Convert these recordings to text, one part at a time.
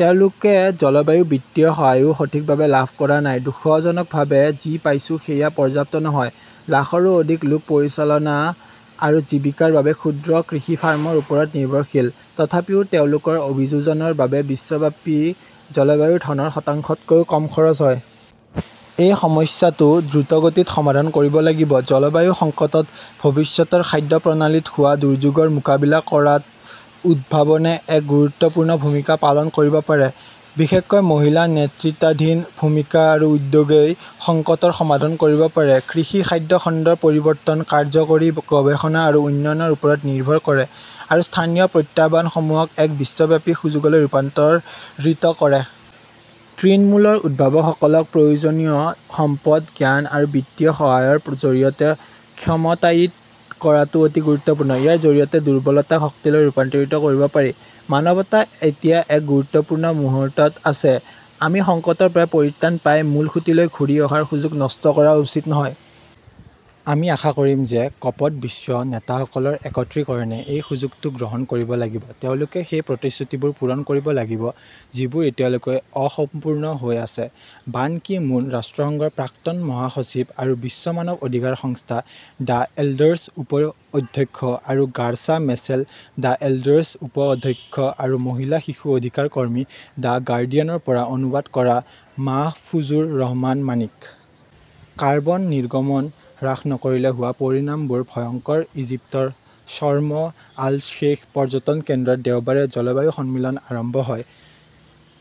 তেওঁলোকে জলবায়ু বিত্তীয় সহায়ও সঠিকভাৱে লাভ কৰা নাই। দুখজনকভাৱে যি পাইছো সেয়া পৰ্যাপ্ত নহয়। লাখৰো অধিক লোক পৰিচালনা আৰু জীৱিকাৰ বাবে ক্ষুদ্ৰ কৃষি ফাৰ্মৰ ওপৰত নিৰ্ভৰশীল। তথাপিও তেওঁলোকৰ অভিযোজনৰ বাবে বিশ্বব্যাপী জলবায়ুৰ ধনৰ শতাংশতকৈও কম খৰচ হয়। এই সমস্যাটো দ্ৰুতগতিত সমাধান কৰিব লাগিব। জলবায়ু সংকটত ভৱিষ্যতৰ খাদ্য প্ৰণালীত হোৱা দুৰ্যোগৰ মোকাবিলা কৰাত উদ্ভাৱনে এক গুৰুত্বপূৰ্ণ ভূমিকা পালন কৰিব পাৰে। বিশেষকৈ মহিলা নেতৃত্বাধীন ভূমিকা আৰু উদ্যোগই সংকটৰ সমাধান কৰিব পাৰে। কৃষি-খাদ্য খণ্ডৰ পৰিৱৰ্তন কাৰ্যকৰী গৱেষণা আৰু উন্নয়নৰ ওপৰত নিৰ্ভৰ কৰে আৰু স্থানীয় প্ৰত্যাহ্বানসমূহক এক বিশ্বব্যাপী সুযোগলৈ ৰূপান্তৰিত কৰে। তৃণমূলৰ উদ্ভাৱকসকলক প্ৰয়োজনীয় সম্পদ, জ্ঞান আৰু বিত্তীয় সহায়ৰ জৰিয়তে ক্ষমতায়িত কৰাটো অতি গুৰুত্বপূৰ্ণ। ইয়াৰ জৰিয়তে দুৰ্বলতাক শক্তিলৈ ৰূপান্তৰিত কৰিব পাৰি। মানৱতা এতিয়া এক গুৰুত্বপূৰ্ণ মুহূৰ্তত আছে। আমি সংকটৰ পৰা পৰিত্ৰাণ পাই মূলসুঁতিলৈ ঘূৰি অহাৰ সুযোগ নষ্ট কৰা উচিত নহয়। আমি আশা কৰিম যে কপ -ত বিশ্ব নেতাসকলৰ একত্ৰীকৰণে সেই সুযোগটো গ্ৰহণ কৰিব লাগিব। তেওঁলোকে সেই প্ৰতিশ্ৰুতিবোৰ পূৰণ কৰিব লাগিব যিবোৰ এতিয়ালৈকে অসম্পূৰ্ণ হৈ আছে। বান কি মুনঃ ৰাষ্ট্ৰসংঘৰ প্ৰাক্তন মহাসচিব আৰু বিশ্ব মানৱ অধিকাৰ সংস্থা দ্য এল্ডাৰ্ছৰ উপ-অধ্যক্ষ আৰু গাৰ্ছা মেচেলঃ দ্য এল্ডাৰ্ছৰ উপ-অধ্যক্ষ আৰু মহিলা-শিশু অধিকাৰ কৰ্মী; দ্য গাৰ্ডিয়ানৰ পৰা অনুবাদ কৰা মাহফুজুৰ ৰহমান মাণিক। কাৰ্বন নিৰ্গমন হ্ৰাস নকৰিলে হোৱা পৰিণামবোৰ ভয়ংকৰ ইজিপ্তৰ শৰ্ম আল-শ্বেইখ পৰ্যটন কেন্দ্ৰত দেওবাৰে জলবায়ু সন্মিলন আৰম্ভ হয়।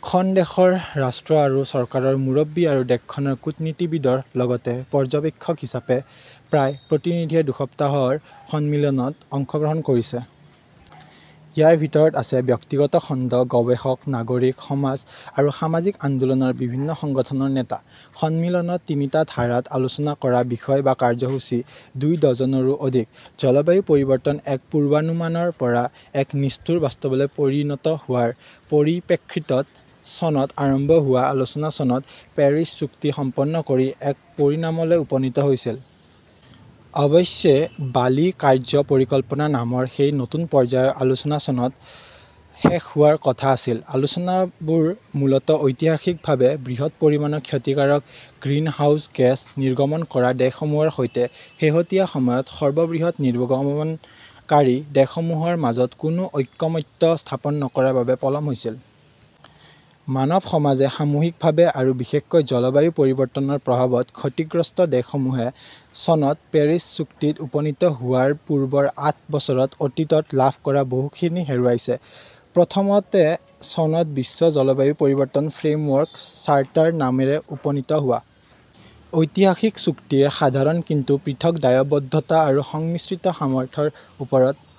খন দেশৰ ৰাষ্ট্ৰ আৰু চৰকাৰৰ মুৰব্বী আৰু খন দেশৰ কূটনীতিবিদৰ লগতে পৰ্যবেক্ষক হিচাপে প্ৰায় প্ৰতিনিধিয়ে দুসপ্তাহৰ সন্মিলনত অংশগ্ৰহণ কৰিছে। ইয়াৰ ভিতৰত আছে ব্যক্তিগত খণ্ড, গৱেষক, নাগৰিক সমাজ আৰু সামাজিক আন্দোলনৰ বিভিন্ন সংগঠনৰ নেতা। সন্মিলনত তিনিটা ধাৰাত আলোচনা কৰা বিষয় বা কাৰ্যসূচী দুই ডজনৰো অধিক। জলবায়ু পৰিৱৰ্তন এক পূৰ্বানুমানৰ পৰা এক নিষ্ঠুৰ বাস্তৱলৈ পৰিণত হোৱাৰ পৰিপ্ৰেক্ষিতত চনত আৰম্ভ হোৱা আলোচনা চনত পেৰিছ চুক্তি সম্পন্ন কৰি এক পৰিণামলৈ উপনীত হৈছিল। অৱশ্যে বালি কাৰ্য্য পৰিকল্পনা নামৰ সেই নতুন পৰ্যায়ৰ আলোচনা চনত শেষ হোৱাৰ কথা আছিল। আলোচনাবোৰ মূলতঃ ঐতিহাসিকভাৱে বৃহৎ পৰিমাণৰ ক্ষতিকাৰক গ্ৰিনহাউজ গেছ নিৰ্গমন কৰা দেশসমূহৰ সৈতে শেহতীয়া সময়ত সৰ্ববৃহৎ নিৰ্গমনকাৰী দেশসমূহৰ মাজত কোনো ঐক্যমত্য স্থাপন নকৰাৰ বাবে পলম হৈছিল। মানৱ সমাজে সামূহিকভাৱে আৰু বিশেষকৈ জলবায়ু পৰিৱৰ্তনৰ প্ৰভাৱত ক্ষতিগ্ৰস্ত দেশসমূহে চনত পেৰিছ চুক্তিত উপনীত হোৱাৰ পূৰ্বৰ আঠ বছৰত অতীতত লাভ কৰা বহুখিনি হেৰুৱাইছে। প্ৰথমতে, চনত বিশ্ব জলবায়ু পৰিৱৰ্তন ফ্ৰেমৱৰ্ক চাৰ্টাৰ নামেৰে উপনীত হোৱা ঐতিহাসিক চুক্তিয়ে সাধাৰণ কিন্তু পৃথক দায়বদ্ধতা আৰু সংমিশ্ৰিত সামৰ্থ্যৰ ওপৰত